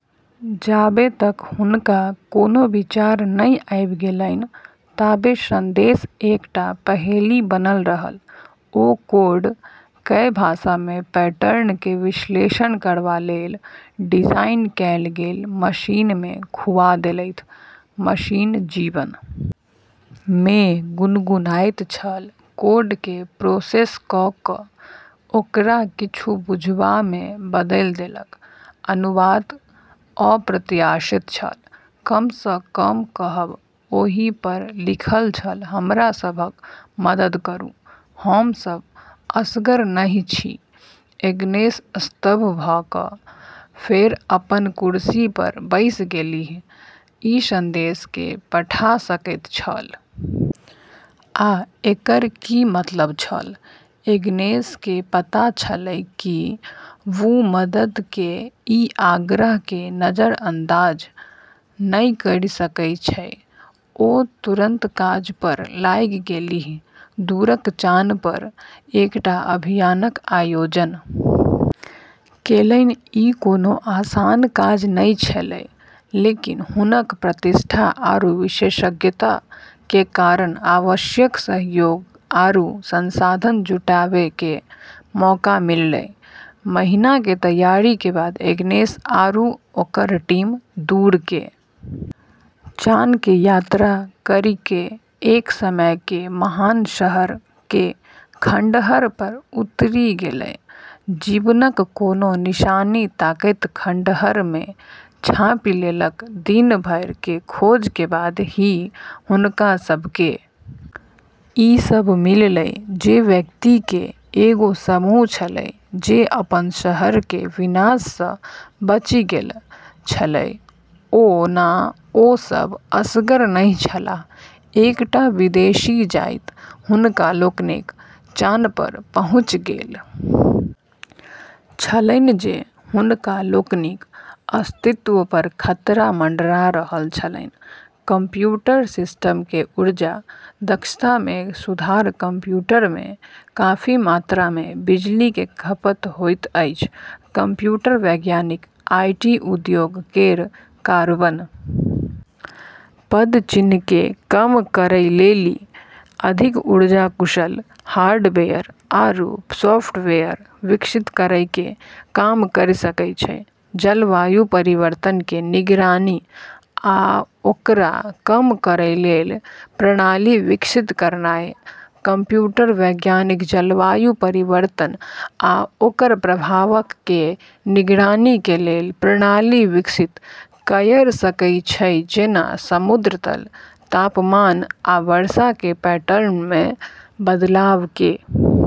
जाबे तक हुनका कोनो विचार नै आबि गेलैन ताबे संदेश एकटा पहेली बनल रहल ओ कोड कए भाषा मे पैटर्न क विश्लेषण करबा लेल डिजाइन कैल गेल मशीन मे खुआ देलथि, मशीन जीवन मे गुनगुनाइत छल, कोड के प्रोसेस क क ओकरा किछु बुझबा मे बदलि देलक, अनुवाद अप्रत्याशित छल, कम स कम कहब, ओहि पर लिखल छल हमरा सभक मदद करू, हम सभ असगर नहि छी, एग्नेस स्तब्ध भ क फेर अपन कुर्सी पर बैसि गेलीह, ई संदेश के पठा सकैत छल? आ एकर की मतलब छल? एग्नेस के पता छेलै कि वू मदद के ई आग्रह के नजरअंदाज नै करी सकै छै ओ तुरंत काज पर लागि गेलीह, दूरक चान पर एकटा अभियानक आयोजन केलनि ई कोनो आसान काज नै छेलै, लेकिन हुनकऽ प्रतिष्ठा आरू विशेषज्ञता के कारण आवश्यक सहयोग आरू संसाधन जुटाबै के मौका मिललै, महीनों के तैयारी के बाद एग्नेस आरू ओकरऽ टीम दूर के चान के यात्रा करी के एक समय के महान शहर के खंडहर पर उतरी गेलै, जीवनक कोनो निशानी तकैत खंडहर मे झाँपि लेलक दिन भर के खोज के बाद ही हुनका सब के ई सब मिललै जे व्यक्ति के एगो समूह छेलै जे अपनऽ शहर के विनाश से बची गेलऽ छेलै ओना ओ सभ असगर नहि छलाह, एकटा विदेशी जाति हुनका लोकनिक चान पर पहुँचि गेल छलनि जे हुनका लोकनिक अस्तित्व पर खतरा मंडरा रहल छलनि, कम्प्यूटर सिस्टम के ऊर्जा दक्षता में सुधार कम्प्यूटर में काफी मात्रा में बिजली के खपत होइत अछि कंप्यूटर वैज्ञानिक आईटी उद्योग केरऽ कार्बन पदचिह्न के कम करै लेली अधिक ऊर्जा कुशल हार्डवेयर आरू सॉफ्टवेयर विकसित करै के काम करी सकै छै, जलवायु परिवर्तन कें निगरानी आ ओकरा कम करय कें लेल प्रणाली विकसित करनाय कंप्यूटर वैज्ञानिक जलवायु परिवर्तन आ ओकर प्रभावक कें निगरानी कें लेल प्रणाली विकसित कयर सकय छै जेना समुद्र तल, तापमान आ वर्षा कें पैटर्न मे बदलाव के।